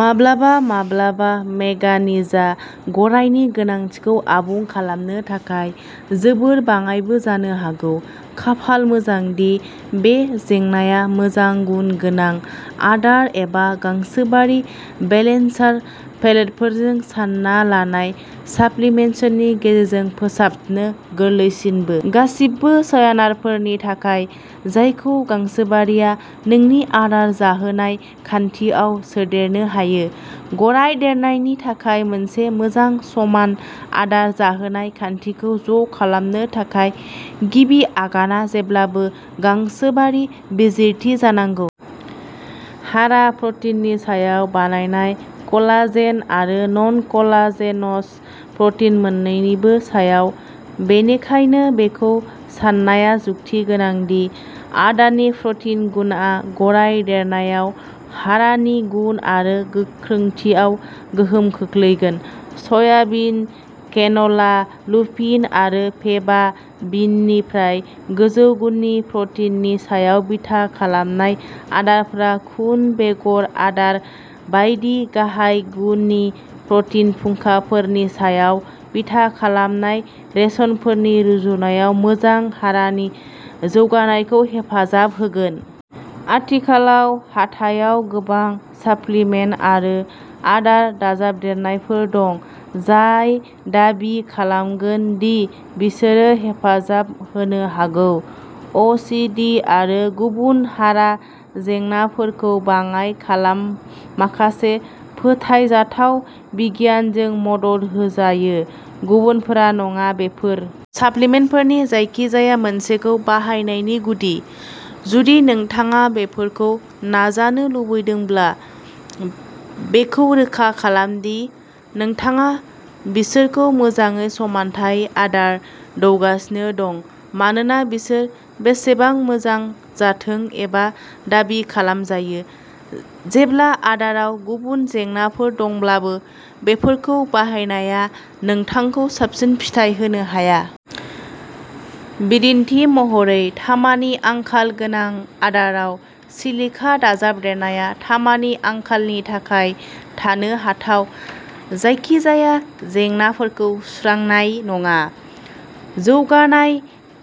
माब्लाबा-माब्लाबा मेंगानिजआ गरायनि गोनांथिखौ आबुं खालामनो थाखाय जोबोद बाङाइबो जानो हागौ। खाफाल मोजां दि बे जेंनाया मोजां गुन गोनां आदार एबा गांसोबारि बेलेन्सार पेलेटफोरजों सानना लानाय साप्लिमेन्टेसननि गेजेरजों फोसाबनो गोरलैसिनबो। गासिबो स्प्यानारफोरनि थाखाय, जायखौ गांसोबारिआ नोंनि आदार जाहोनाय खान्थियाव सोदेरनो हायो, गराय देरनायनि थाखाय मोनसे मोजां समान आदार जाहोनाय खान्थिखौ ज'खालामनो थाखाय गिबि आगानआ जेब्लाबो गांसोबारि बिजिरथि जानांगौ। हारा प्रटिननि सायाव बानायनाय, कलाजेन आरो नन-कलाजेनस प्रटिन मोन्नैनिबो सायाव, बेनिखायनो बेखौ सान्नाया जुक्तिगोनां दि आदारनि प्रटिन गुनआ गराय देरनायाव हारानि गुन आरो गोख्रोंथियाव गोहोम खोख्लैगोन। सयाबिन, केन'ला, लुपिन आरो फेबा बिननिफ्राय गोजौ गुननि प्रटिननि सायाव बिथा खालामनाय आदारफोरा खुन बेगर आदार बायदि गाहाय गुननि प्रटिन फुंखाफोरनि सायाव बिथा खालामनाय रेशनफोरनि रुजुनायाव मोजां हारानि जौगानायखौ हेफाजाब होगोन। आथिखालाव हाथायाव गोबां साप्लिमेन्ट आरो आदार दाजाबदेरनायफोर दं, जाय दाबि खालामगोन दि बिसोरो हेफाजाब होनो हागौ। अ सि डि आरो गुबुन हारा जेंनाफोरखौ बाङाय खालाम माखासे फोथायजाथाव बिगियानजों मदद होजायो, गुबुनफोरा नङा। बेफोर साप्लिमेन्टफोरनि जायखिजाया मोनसेखौ बाहायनायनि गुदि, जुदि नोंथाङा बेफोरखौ नाजानो लुबैदोंब्ला, बेखौ रोखा खालाम दि नोंथाङा बिसोरखौ मोजाङै समानथाय आदार दौगासिनो दं, मानोना बिसोर बेसेबां मोजां जाथों एबा दाबि खालामजायो, जेब्ला आदाराव गुबुन जेंनाफोर दंब्लाबो बेफोरखौ बाहायनाया नोंथांखौ साबसिन फिथाय होनो हाया। बिदिन्थि महरै, तामानि आंखाल गोनां आदाराव सिलिका दाजाबदेरनाया तामानि आंखालनि थाखाय थानो हाथाव जायखिजाया जेंनाफोरखौ सुस्रांनाय नङा। जौगानाय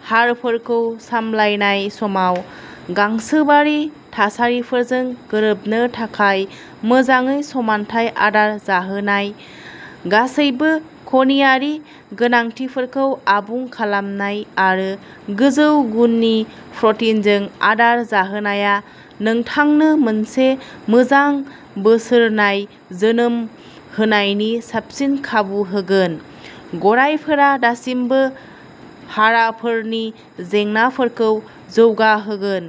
हारफोरखौ सामलायनाय समाव, गांसोबारि थासारिफोरजों गोरोबनो थाखाय मोजाङै समानथाय आदार जाहोनाय, गासैबो खनियारि गोनांथिफोरखौ आबुं खालामनाय आरो गोजौ गुननि प्रटिनजों आदार जाहोनायआ नोंथांनो मोनसे मोजां बोसोरनाय जोनोम होनायनि साबसिन खाबु होगोन, गरायफोरा दासिमबो हाराफोरनि जेंनाफोरखौ जौगाहोगोन,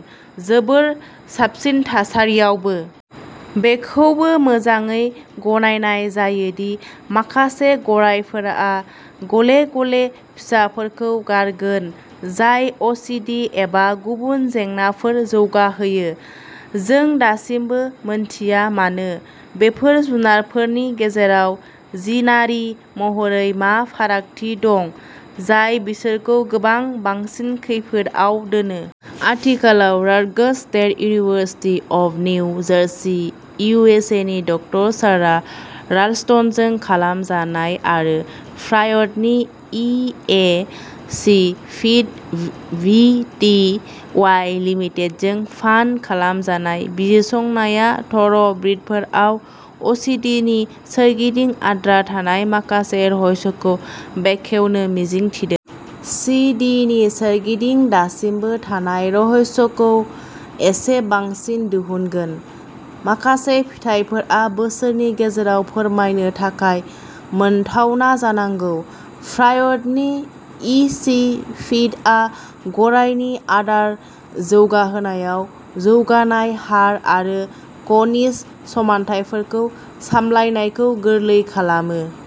जोबोद साबसिन थासारियावबो। बेखौबो मोजाङै गनायनाय जायो दि माखासे गरायफोरा गले-गले फिसाफोरखौ गारगोन जाय अ सि डि एबा गुबुन जेंनाफोर जौगाहोयो। जों दासिमबो मिन्थिया मानो, बेफोर जुनारफोरनि गेजेराव जिनारि महरै मा फारागथि दं जाय बिसोरखौ गोबां बांसिन खैफोदआव दोनो? आथिखालाव Rutgers, State University of New Jersey U S A नि डकटर सारा राल्स्टनजों खालाम जानाय आरो प्राइडनि E A C feed P T Y लिमिटेडजों फान्ड खालामजानाय बिजिरसंनाया थ'र'ब्रिदफोराव अ सि डि नि सोरगिदिं आद्रा थानाय माखासे रहस्यखौ बेखेवनो मिजिं थिदों। सि डि नि सोरगिदिं दासिमबो थानाय रहस्यखौ एसे बांसिन दिहुनगोन। माखासे फिथायफोरा बोसोरनि गेजेराव फोरमायनो थाखाय मोनथावना जानांगौ। प्राइडनि इ सि फिडआ गरायनि आदार जौगाहोनायाव जौगानाय हार आरो खनिज समानथायखौ सामलायनायखौ गोरलै खालामो।